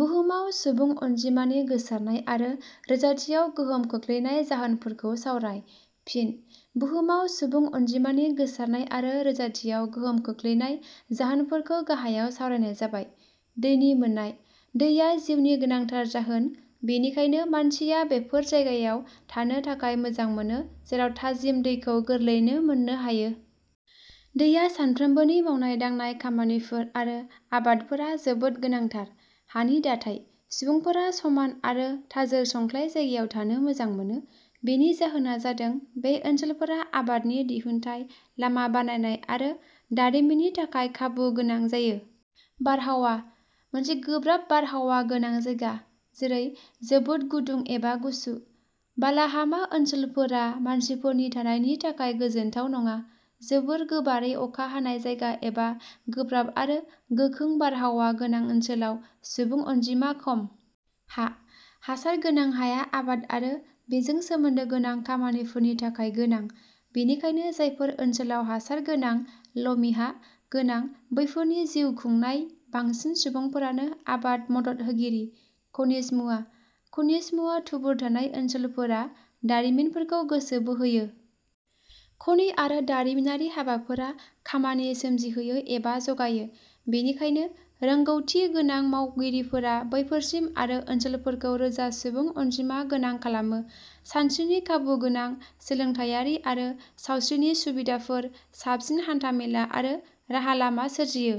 बुहुमाव सुबुं अनजिमानि गोसारनाय आरो रोजाथियाव गोहोम खोख्लैनाय जाहोनफोरखौ सावराय। फिन: बुहुमआव सुबुं अनजिमानि गोसारनाय आरो रोजाथियाव गोहोम खोख्लैनाय जाहोनफोरखौ गाहायाव सावरायनाय जाबाय। दैनि मोननाय: दैआ जिउनि गोनांथार जाहोन। बेनिखायनो मानसिया बेफोर जायगायाव थानो थाखाय मोजां मोनो, जेराव थाजिम दैखौ गोरलैयैनो मोननो हायो। दैआ सानफ्रोमबोनि मावनाय-दांनाय खामानिफोर आरो आबादफोरआ जोबोद गोनांथार। हानि दाथाइ: सुबुंफोरा समान आरो थाजोर संख्लाय जायगायाव थानो मोजां मोनो। बेनि जाहोना जादों- बे ओनसोलफोरा आबादनि दिहुनथाइ, लामा बानायनाय आरो दारिमिननि थाखाय खाबु गोनां जायो। बारहावा: मोनसे गोब्राब बारहावा गोनां जायगा, जेरै- जोबोद गुदुं एबा गुसु, बालाहामा ओनसोलफोरा मानसिफोरनि थानायनि थाखाय गोजोनथाव नङा। जोबोर गोबारै अखा हानाय जायगा एबा गोब्राब आरो गोखों बारहावा गोनां ओनसोलाव सुबुं अनजिमा खम। हा: हासार गोनां हाया आबाद आरो बेजों सोमोन्दो गोनां खामानिफोरनि थाखाय गोनां। बेनिखायनो जायफोर ओनसोलाव हासार गोनां लमिहा गोनां बैफोरनि जिउ खुंनाय बांसिन सुबुंफोरानो आबाद मदद होगिरि। खनिज मुवा: खनिज मुवा थुबुर थानाय ओनसोलफोरा दारिमिनफोरखौ गोसो बोहोयो। खनि आरो दारिमिनारि हाबाफोरा खामानि सोमजिहोयो एबा जगायो। बेनिखायनो, रोंगौथि गोनां मावगिरिफोरा बैफोरसिम आरो ओनसोलफोरखौ रोजा सुबुं अनजिमा गोनां खालामो। सानस्रिनि खाबु गोनां, सोलोंथाइयारि आरो सावस्रिनि सुबिदाफोर, साबसिन हान्थामेला आरो राहा लामा सोरजियो।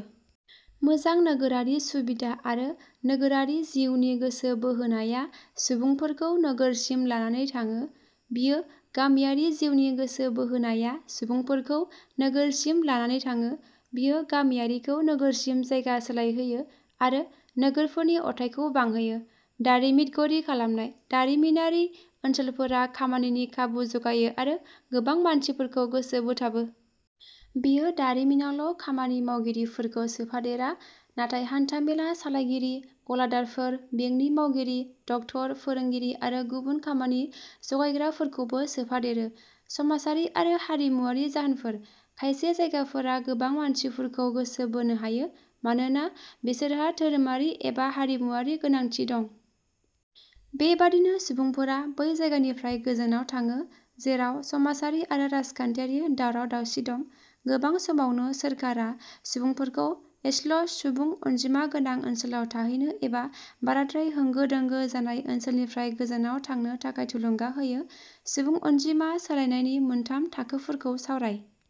मोजां नोगोरारि सुबिदा आरो नोगोरारि जिउनि गोसो बोहोनाया सुबुंफोरखौ नोगोरसिम लानानै थाङो। बियो गामियारि जिउनि गोसो बोहोनाया सुबुंफोरखौ नोगोरसिम लानानै थाङो। बियो गामियारिखौ नोगोरसिम जायगा सोलाय होयो आरो नोगोरफोरनि अरथाइखौ बांहोयो। दारिमितगरि खालामनाय: दारिमिनारि ओनसोलफोरा खामानिनि खाबु जगायो आरो गोबां मानसिफोरखौ गोसो बोथाबो। बेयो दारिमिनावल' खामानि मावगिरि फोरखौ सोफादेरा नाथाय हान्थां मेला सालायगिरि, गलादारफोर, बेंकनि मावगिरि, डाक्टर, फोरोंगिरि आरो गुबुन खामानि जगायग्राफोरखौबो सोफादेरो। समाजारि आरो हारिमुआरि जाहोनफोर: खायसे जायगाफोरा गोबां मानसिफोरखौ गोसो बोनो हायो, मानोना बिसोरहा धोरोमारि एबा हारिमुआरि गोनांथि दं। बे बादिनो सुबुंफोरा बै जायगानिफ्राय गोजानाव थाङो, जेराव समाजारि आरो राजखान्थिआरि दावराव दावसि दं। गोबां समावनो सोरखारा सुबुंफोरखौ ऐसल' सुबुं अनजिमा गोनां ओनसोलाव थाहैनो एबा बाराद्राय होंगो-दोंगो जानाय ओनसोलनिफ्राय गोजानाव थांनो थाखाय थुलुंगा होयो।. सुबुं अनजिमा सोलायनायनि मोनथाम थाखोफोरखौ सावराय।